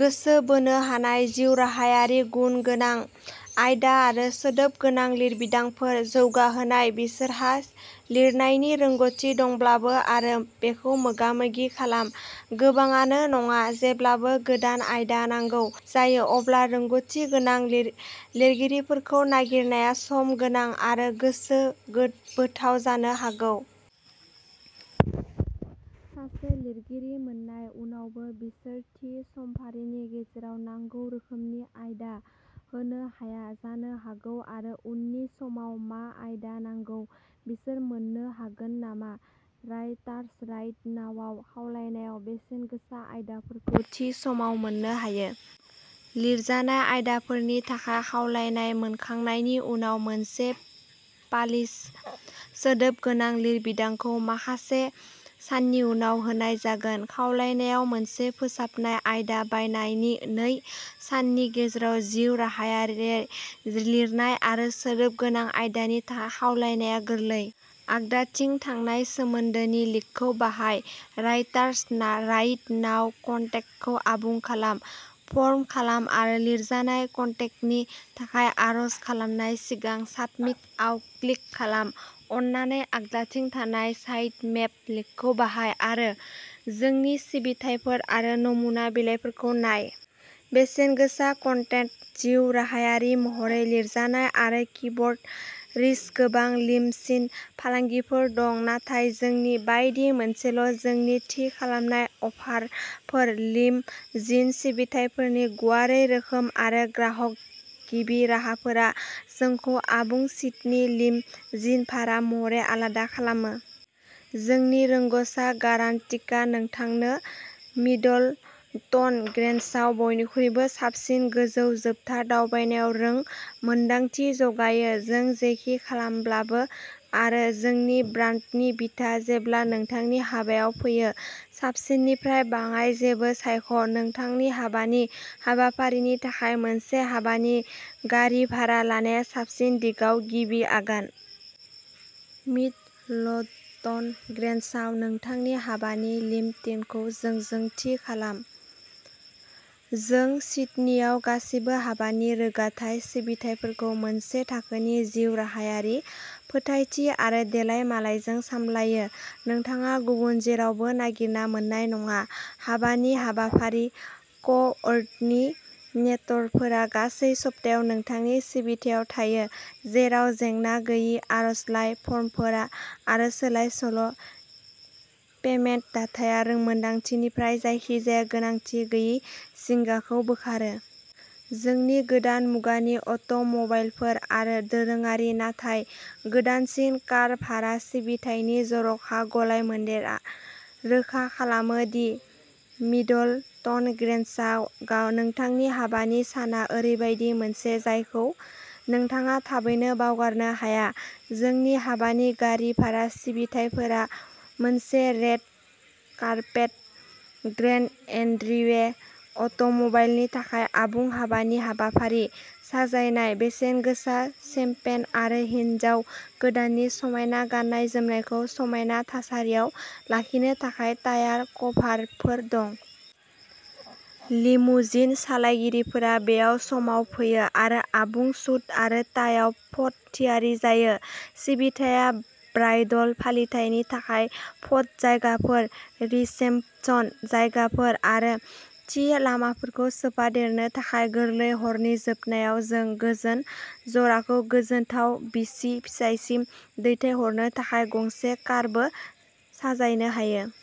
गोसो बोनो हानाय, जिउराहायारि गुन गोनां आयदा आरो सोदोब गोनां लिरबिदांफोर जौगाहोनाय, बिसोरहा लिरनायनि रोंग'थि दंब्लाबो। आरो बेखौ मोगामोगि खालाम, गोबांआनो नङा। जेब्लानो गोदान आयदा नांगौ जायो, अब्ला रोंग'थि गोनां लिरगिरिफोरखौ नागिरनाया सम गोनां आरो गोसो बोथाव जानो हागौ। सासे लिरगिरि मोन्नाय उनावबो, बिसोर थि समफारिनि गेजेराव नांगौ रोखोमनि आयदा होनो हाया जानो हागौ। आरो उननि समाव मा आयदा नांगौ? बिसोर मोन्नो हागोन नामा? राइटार्स राइट नाउआव, खावलायनायाव बेसेनगोसा आयदाफोरखौ थि समाव मोननो हायो। लिरजानाय आयदाफोरनि थाखाय खावलायनाय मोनखांनायनि उनाव, मोनसे पालिश, सोदोब गोनां लिरबिदांखौ माखासे साननि उनाव होनाय जागोन। खावलायनायाव मोनसे फोसाबनाय, आयदा बायनायनि नै साननि गेजेराव। जिउ राहायारि लिरनाय आरो सोदोब गोनां आयदानि थाखाय खावलायनाया गोरलै। आगदाथिं थानाय सोमोन्दोनि लिंकखौ बाहाय राइटार्स राइट नाउ कन्टेक्टखौ आबुं खालाम। फर्म खालाम, आरो लिरजानाय कन्टेन्टनि थाखाय आर'ज खालामनायनि सिगां साबमिट आव क्लिक खालाम, अन्नानै आगदाथिं थानाय साइट मेप लिंकखौ बाहाय, आरो जोंनि सिबिथाइफोर आरो नमुना बिलाइफोरखौ नाय। बेसेनगोसा कन्टेन्ट जिउ राहायारि महरै लिरजानाय, आरो किवर्ड रिच गोबां लिम'जिन फालांगिफोर दं, नाथाय जोंनि बायदि मोनसेल'। जोंनि थि खालामनाय अफारफोर, लिम'जिन सिबिथाइफोरनि गुवारै रोखोम, आरो ग्राहक गिबि राहाफोरा जोंखौ आबुं सिडनी लिम'जिन भारा महरै आलादा खालामो। जोंनि रोंग'सा गारान्टिआ नोंथांनो मिडलटन ग्रेन्जआव बयनिख्रुइबो साबसिन गोजौ-जोबथा दावबायनाय रों मोनदांथि जगायो, जों जेखि खालामब्लाबो आरो जोंनि ब्रान्डनि बिथा। जेब्ला नोंथांनि हाबायाव फैयो, साबसिननिफ्राय बाङाइ जेबो सायख'। नोंथांनि हाबानि हाबाफारिनि थाखाय मोनसे हाबानि गारि भारा लानाया साबसिन दिगाव गिबि आगान। मिडलटन ग्रेन्जआव नोंथांनि हाबानि लिम'जिनखौ जोंजों थि खालाम। जों सिडनीआव गासिबो हाबानि रोगाथाइ सिबिथाइफोरखौ मोनसे थाखोनि जिउ राहायारि, फोथायथि, आरो देलायमालायजों सामलायो। नोंथाङा गुबुन जेरावबो नागिरना मोन्नाय नङा। हाबानि हाबाफारि क'ओर्डिनेटरफोरा गासै सप्तायाव नोंथांनि सिबिथायाव थायो, जेराव जेंना-गैयै आर'जलाइ फर्मफोर आरो सोलाय-सोल' पेमेन्ट दाथाया रोंमोन्दांथिनिफ्राय जायखिजाया गोनांथि गैयै जिंगाखौ बोखारो। जोंनि गोदान मुगानि अट'म'बाइलफोर आरो दोरोङारि, नाथाय गोदानसिन कार भारा सिबिथायनि जर'खा गलायमोन्देरआ रोखा खालामो दि मिडलटन ग्रेन्ज आव नोंथांनि हाबानि साना ओरैबायदि मोनसे जायखौ नोंथाङा थाबैनो बावगारनो हाया। जोंनि हाबानि गारि भारा सिबिथाइफोराव मोनसे रेड कार्पेट ग्रेन्ड एन्ट्रिवे, अट'मबाइलनि थाखाय आबुं हाबानि हाबाफारि साजायनाय, बेसेनगोसा शैम्पेन, आरो हिन्जाव गोदाननि समायना गाननाय-जोमनायखौ समायना थासारियाव लाखिनो थाखाय टायार कभारफोर दं। लिमुजिन सालायगिरिफोरा बेयाव समाव फैयो आरो आबुं सुट आरो टाइआव फट' थियारि जायो। सिबिथाया ब्राइडल फालिथायनि थाखाय फट' जायगाफोर, रिसेपसन जायगाफोर, आरो थि लामाफोरखौ सोफादेरनो थाखाय गोरलै। हरनि जोबनायाव, जों गोजोन जराखौ गोजोनथाव बिसि-फिसायसिम दैथायहरनो थाखाय गंसे कारबो साजायनो हायो।